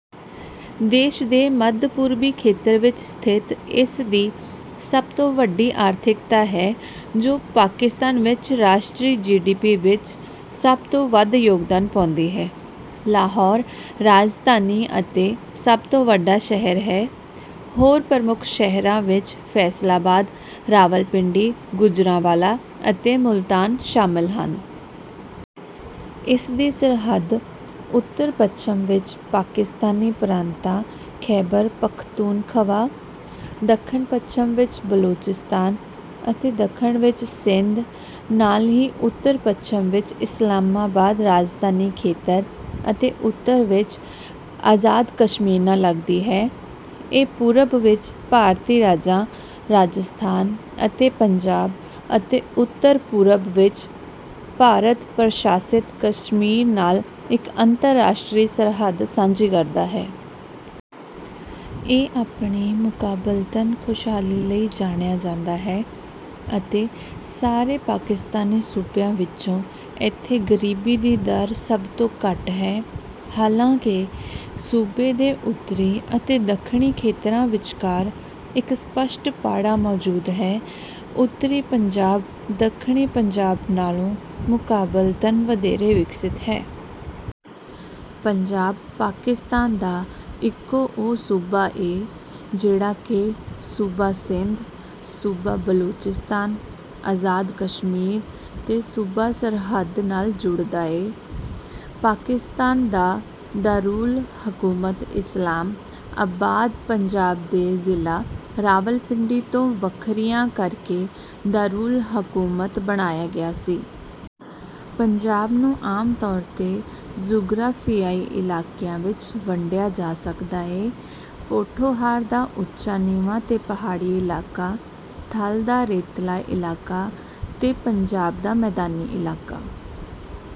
ਦੇਸ਼ ਦੇ ਮੱਧ-ਪੂਰਬੀ ਖੇਤਰ ਵਿੱਚ ਸਥਿਤ, ਇਸਦੀ ਸਭ ਤੋਂ ਵੱਡੀ ਆਰਥਿਕਤਾ ਹੈ, ਜੋ ਪਾਕਿਸਤਾਨ ਵਿੱਚ ਰਾਸ਼ਟਰੀ ਜੀਡੀਪੀ ਵਿੱਚ ਸਭ ਤੋਂ ਵੱਧ ਯੋਗਦਾਨ ਪਾਉਂਦੀ ਹੈ। ਲਾਹੌਰ ਰਾਜਧਾਨੀ ਅਤੇ ਸਭ ਤੋਂ ਵੱਡਾ ਸ਼ਹਿਰ ਹੈ। ਹੋਰ ਪ੍ਰਮੁੱਖ ਸ਼ਹਿਰਾਂ ਵਿੱਚ ਫੈਸਲਾਬਾਦ, ਰਾਵਲਪਿੰਡੀ, ਗੁਜਰਾਂਵਾਲਾ ਅਤੇ ਮੁਲਤਾਨ ਸ਼ਾਮਲ ਹਨ। ਇਸਦੀ ਸਰਹੱਦ ਉੱਤਰ-ਪੱਛਮ ਵਿੱਚ ਪਾਕਿਸਤਾਨੀ ਪ੍ਰਾਂਤਾਂ ਖੈਬਰ ਪਖਤੂਨਖਵਾ, ਦੱਖਣ-ਪੱਛਮ ਵਿੱਚ ਬਲੋਚਿਸਤਾਨ ਅਤੇ ਦੱਖਣ ਵਿੱਚ ਸਿੰਧ, ਨਾਲ ਹੀ ਉੱਤਰ-ਪੱਛਮ ਵਿੱਚ ਇਸਲਾਮਾਬਾਦ ਰਾਜਧਾਨੀ ਖੇਤਰ ਅਤੇ ਉੱਤਰ ਵਿੱਚ ਆਜ਼ਾਦ ਕਸ਼ਮੀਰ ਨਾਲ ਲੱਗਦੀ ਹੈ। ਇਹ ਪੂਰਬ ਵਿੱਚ ਭਾਰਤੀ ਰਾਜਾਂ ਰਾਜਸਥਾਨ ਅਤੇ ਪੰਜਾਬ ਅਤੇ ਉੱਤਰ-ਪੂਰਬ ਵਿੱਚ ਭਾਰਤ-ਪ੍ਰਸ਼ਾਸਿਤ ਕਸ਼ਮੀਰ ਨਾਲ ਇੱਕ ਅੰਤਰਰਾਸ਼ਟਰੀ ਸਰਹੱਦ ਸਾਂਝੀ ਕਰਦਾ ਹੈ। ਇਹ ਆਪਣੀ ਮੁਕਾਬਲਤਨ ਖੁਸ਼ਹਾਲੀ ਲਈ ਜਾਣਿਆ ਜਾਂਦਾ ਹੈ, ਅਤੇ ਸਾਰੇ ਪਾਕਿਸਤਾਨੀ ਸੂਬਿਆਂ ਵਿੱਚੋਂ ਇੱਥੇ ਗਰੀਬੀ ਦੀ ਦਰ ਸਭ ਤੋਂ ਘੱਟ ਹੈ। ਹਾਲਾਂਕਿ, ਸੂਬੇ ਦੇ ਉੱਤਰੀ ਅਤੇ ਦੱਖਣੀ ਖੇਤਰਾਂ ਵਿਚਕਾਰ ਇੱਕ ਸਪੱਸ਼ਟ ਪਾੜਾ ਮੌਜੂਦ ਹੈ; ਉੱਤਰੀ ਪੰਜਾਬ ਦੱਖਣੀ ਪੰਜਾਬ ਨਾਲੋਂ ਮੁਕਾਬਲਤਨ ਵਧੇਰੇ ਵਿਕਸਤ ਹੈ। ਪੰਜਾਬ ਪਾਕਿਸਤਾਨ ਦਾ ਇਕੋ ਉਹ ਸੂਬਾ ਏ ਜਿਹੜਾ ਕਿ ਸੂਬਾ ਸਿੰਧ, ਸੂਬਾ ਬਲੋਚਿਸਤਾਨ, ਆਜ਼ਾਦ ਕਸ਼ਮੀਰ ਤੇ ਸੂਬਾ ਸਰਹੱਦ ਨਾਲ ਜੁੜਦਾ ਏ। ਪਾਕਿਸਤਾਨ ਦਾ ਦਾਰੁਲ ਹਕੂਮਤ ਇਸਲਾਮ ਆਬਾਦ ਪੰਜਾਬ ਦੇ ਜ਼ਿਲ੍ਹਾ ਰਾਵਲਪਿੰਡੀ ਤੋਂ ਵੱਖਰੀਆਂ ਕਰ ਕੇ ਦਾਰੁਲ ਹਕੂਮਤ ਬਣਾਇਆ ਗਿਆ ਸੀ। ਪੰਜਾਬ ਨੂੰ ਆਮ ਤੌਰ 'ਤੇ ਜੁਗ਼ਰਾਫ਼ੀਆਈ ਇਲਾਕਿਆਂ ਵਿੱਚ ਵੰਡਿਆ ਜਾ ਸਕਦਾ ਏ: ਪੋਠੋਹਾਰ ਦਾ ਉੱਚਾ ਨੀਵਾਂ ਤੇ ਪਹਾੜੀ ਇਲਾਕਾ, ਥਲ ਦਾ ਰੇਤਲਾ ਇਲਾਕਾ ਤੇ ਪੰਜਾਬ ਦਾ ਮੈਦਾਨੀ ਇਲਾਕਾ।